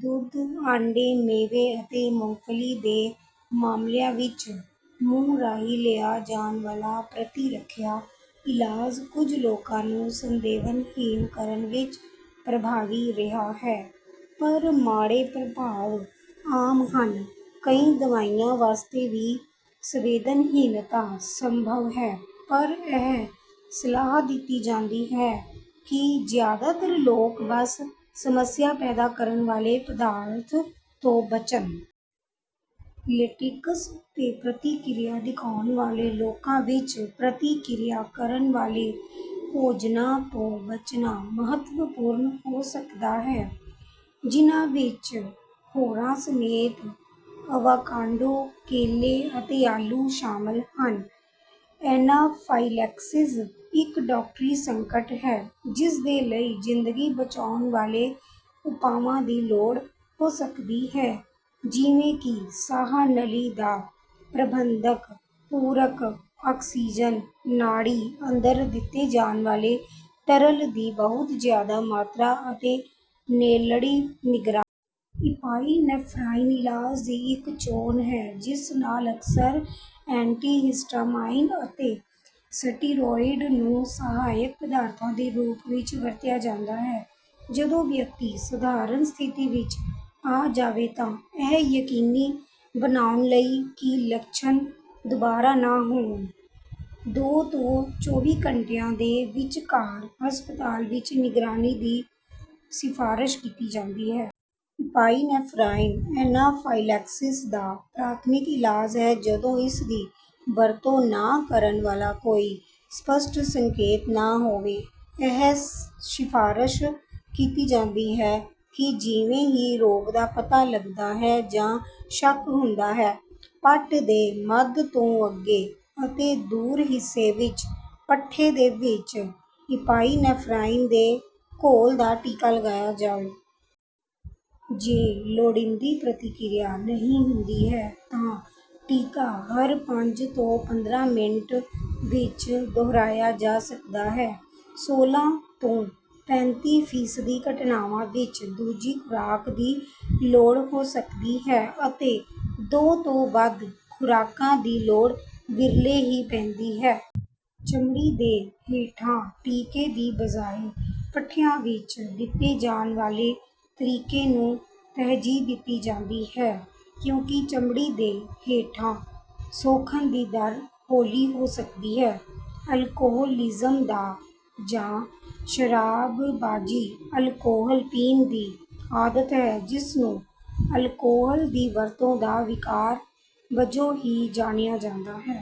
ਦੁੱਧ, ਆਂਡੇ, ਮੇਵੇ ਅਤੇ ਮੂੰਗਫਲੀ ਦੇ ਮਾਮਲਿਆਂ ਵਿੱਚ ਮੂੰਹ ਰਾਹੀਂ ਲਿਆ ਜਾਣ ਵਾਲਾ ਪ੍ਰਤਿਰੱਖਿਆ ਇਲਾਜ ਕੁਝ ਲੋਕਾਂ ਨੂੰ ਸੰਵੇਦਨਹੀਣ ਕਰਨ ਵਿੱਚ ਪ੍ਰਭਾਵੀ ਰਿਹਾ ਹੈ। ਪਰ ਮਾੜੇ ਪ੍ਰਭਾਵ ਆਮ ਹਨ। ਕਈ ਦਵਾਈਆਂ ਵਾਸਤੇ ਵੀ ਸੰਵੇਦਨਹੀਨਤਾ ਸੰਭਵ ਹੈ, ਪਰ ਇਹ ਸਲਾਹ ਦਿੱਤੀ ਜਾਂਦੀ ਹੈ ਕਿ ਜ਼ਿਆਦਾਤਰ ਲੋਕ ਬਸ ਸਮੱਸਿਆ ਪੈਦਾ ਕਰਨ ਵਾਲੇ ਪਦਾਰਥ ਤੋਂ ਬਚਣ। ਲੇਟੇਕਸ ਉੱਤੇ ਪ੍ਰਤਿਕਿਰਿਆ ਦਿਖਾਉਣ ਵਾਲੇ ਲੋਕਾਂ ਵਿੱਚ, ਪ੍ਰਤਿਕਿਰਿਆ ਕਰਨ ਵਾਲੇ ਭੋਜਨਾਂ ਤੋਂ ਬਚਣਾ ਮਹੱਤਵਪੂਰਨ ਹੋ ਸਕਦਾ ਹੈ ਜਿਨ੍ਹਾਂ ਵਿੱਚ ਹੋਰਾਂ ਸਮੇਤ ਅਵਾਕਾਡੋ, ਕੇਲੇ, ਅਤੇ ਆਲੂ ਸ਼ਾਮਲ ਹਨ। ਐਨਾਫਾਈਲੈਕਸਿਸ ਇੱਕ ਡਾਕਟਰੀ ਸੰਕਟ ਹੈ ਜਿਸਦੇ ਲਈ ਜ਼ਿੰਦਗੀ ਬਚਾਉਣ ਵਾਲੇ ਉਪਾਵਾਂ ਦੀ ਲੋੜ ਹੋ ਸਕਦੀ ਹੈ ਜਿਵੇਂ ਕਿ ਸਾਹ ਨਲੀ ਦਾ ਪ੍ਰਬੰਧਨ, ਪੂਰਕ ਆਕਸੀਜ਼ਨ, ਨਾੜੀ ਅੰਦਰ ਦਿੱਤੇ ਜਾਣ ਵਾਲੇ ਤਰਲ ਦੀ ਬਹੁਤ ਜ਼ਿਆਦਾ ਮਾਤਰਾ, ਅਤੇ ਨੇੜਲੀ ਨਿਗਰਾਨੀ। ਇਪਾਈਨੇਫ੍ਰਾਈਨ ਇਲਾਜ ਦੀ ਇੱਕ ਚੋਣ ਹੈ ਜਿਸ ਨਾਲ ਅਕਸਰ ਏਂਟੀਹਿਸਟਾਮਾਈਨ ਅਤੇ ਸਟੀਰੋਇਡ ਨੂੰ ਸਹਾਇਕ ਪਦਾਰਥਾਂ ਦੇ ਰੂਪ ਵਿੱਚ ਵਰਤਿਆ ਜਾਂਦਾ ਹੈ। ਜਦੋਂ ਵਿਅਕਤੀ ਸਧਾਰਨ ਸਥਿਤੀ ਵਿੱਚ ਆ ਜਾਵੇ ਤਾਂ ਇਹ ਯਕੀਨੀ ਬਣਾਉਣ ਲਈ ਕਿ ਲੱਛਣ ਦੁਬਾਰਾ ਨਾ ਹੋਣ, ਦੋ ਤੋਂ ਚੌਵੀ ਘੰਟਿਆਂ ਦੇ ਵਿਚਕਾਰ ਹਸਪਤਾਲ ਵਿੱਚ ਨਿਗਰਾਨੀ ਦੀ ਸਿਫਾਰਸ਼ ਕੀਤੀ ਜਾਂਦੀ ਹੈ। ਇਪਾਈਨੇਫ੍ਰਾਈਨ ਐਨਾਫਾਈਲੈਕਸਿਸ ਦਾ ਪ੍ਰਾਥਮਿਕ ਇਲਾਜ ਹੈ ਜਦੋਂ ਇਸਦੀ ਵਰਤੋਂ ਨਾ ਕਰਨ ਵਾਲਾ ਕੋਈ ਸਪੱਸ਼ਟ ਸੰਕੇਤ ਨਾ ਹੋਵੇ। ਇਹ ਸਿਫਾਰਸ਼ ਕੀਤੀ ਜਾਂਦੀ ਹੈ ਕਿ ਜਿਵੇਂ ਹੀ ਰੋਗ ਦਾ ਪਤਾ ਲਗਦਾ ਹੈ ਜਾਂ ਸ਼ੱਕ ਹੁੰਦਾ ਹੈ, ਪੱਟ ਦੇ ਮੱਧ ਤੋਂ ਅੱਗੇ ਅਤੇ ਦੂਰ ਹਿੱਸੇ ਵਿੱਚ ਪੱਠੇ ਦੇ ਵਿੱਚ ਇਪਾਈਨੇਫ੍ਰਾਈਨ ਦੇ ਘੋਲ ਦਾ ਟੀਕਾ ਲਗਾਇਆ ਜਾਵੇ। ਜੇ ਲੋੜੀਂਦੀ ਪ੍ਰਤਿਕਿਰਿਆ ਨਹੀਂ ਹੁੰਦੀ ਹੈ ਤਾਂ ਟੀਕਾ ਹਰ ਪੰਜ ਤੋਂ ਪੰਦਰਾਂ ਮਿੰਟ ਵਿੱਚ ਦੁਹਰਾਇਆ ਜਾ ਸਕਦਾ ਹੈ। ਸੋਲ੍ਹਾਂ ਤੋਂ ਪੈਂਤੀ ਫੀਸਦੀ ਘਟਨਾਵਾਂ ਵਿੱਚ ਦੂਜੀ ਖੁਰਾਕ ਦੀ ਲੋੜ ਹੋ ਸਕਦੀ ਹੈ ਅਤੇ ਦੋ ਤੋਂ ਵੱਧ ਖੁਰਾਕਾਂ ਦੀ ਲੋੜ ਵਿਰਲੇ ਹੀ ਪੈਂਦੀ ਹੈ। ਚਮੜੀ ਦੇ ਹੇਠਾਂ ਟੀਕੇ ਦੀ ਬਜਾਏ ਪੱਠਿਆਂ ਵਿੱਚ ਦਿੱਤੇ ਜਾਣ ਵਾਲੇ ਤਰੀਕੇ ਨੂੰ ਤਰਜੀਹ ਦਿੱਤੀ ਜਾਂਦੀ ਹੈ ਕਿਉਂਕਿ ਚਮੜੀ ਦੇ ਹੇਠਾਂ ਸੋਖਣ ਦੀ ਦਰ ਹੌਲੀ ਹੋ ਸਕਦੀ ਹੈ। ਅਲਕੋਹਲਿਜ਼ਮ ਜਾਂ ਸ਼ਰਾਬਬਾਜ਼ੀ ਅਲਕੋਹਲ ਪੀਣ ਦੀ ਆਦਤ ਹੈ, ਜਿਸ ਨੂੰ ਅਲਕੋਹਲ ਦੀ ਵਰਤੋਂ ਦਾ ਵਿਕਾਰ ਵਜੋਂ ਵੀ ਜਾਣਿਆ ਜਾਂਦਾ ਹੈ।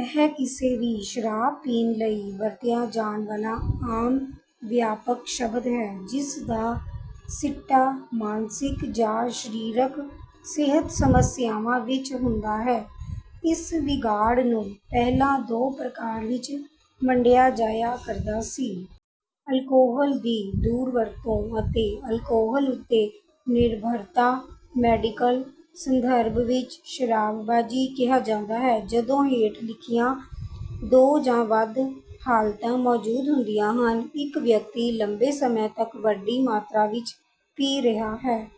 ਇਹ ਕਿਸੇ ਵੀ ਸ਼ਰਾਬ ਪੀਣ ਲਈ ਵਰਤਿਆ ਜਾਣ ਵਾਲਾ ਆਮ ਵਿਆਪਕ ਸ਼ਬਦ ਹੈ ਜਿਸਦਾ ਸਿੱਟਾ ਮਾਨਸਿਕ ਜਾਂ ਸਰੀਰਕ ਸਿਹਤ ਸਮੱਸਿਆਵਾਂ ਵਿੱਚ ਹੁੰਦਾ ਹੈ। ਇਸ ਵਿਗਾੜ ਨੂੰ ਪਹਿਲਾਂ ਦੋ ਪ੍ਰਕਾਰ ਵਿੱਚ ਵੰਡਿਆ ਜਾਇਆ ਕਰਦਾ ਸੀ। ਅਲਕੋਹਲ ਦੀ ਦੁਰਵਰਤੋਂ ਅਤੇ ਅਲਕੋਹਲ ਉੱਤੇ ਨਿਰਭਰਤਾ। ਮੈਡੀਕਲ ਸੰਦਰਭ ਵਿੱਚ, ਸ਼ਰਾਬਬਾਜ਼ੀ ਕਿਹਾ ਜਾਂਦਾ ਹੈ ਜਦੋਂ ਹੇਠ ਲਿਖੀਆਂ ਦੋ ਜਾਂ ਵੱਧ ਹਾਲਤਾਂ ਮੌਜੂਦ ਹੁੰਦੀਆਂ ਹਨ। ਇੱਕ ਵਿਅਕਤੀ ਲੰਬੇ ਸਮੇਂ ਤੱਕ ਵੱਡੀ ਮਾਤਰਾ ਵਿੱਚ ਪੀ ਰਿਹਾ ਹੈ...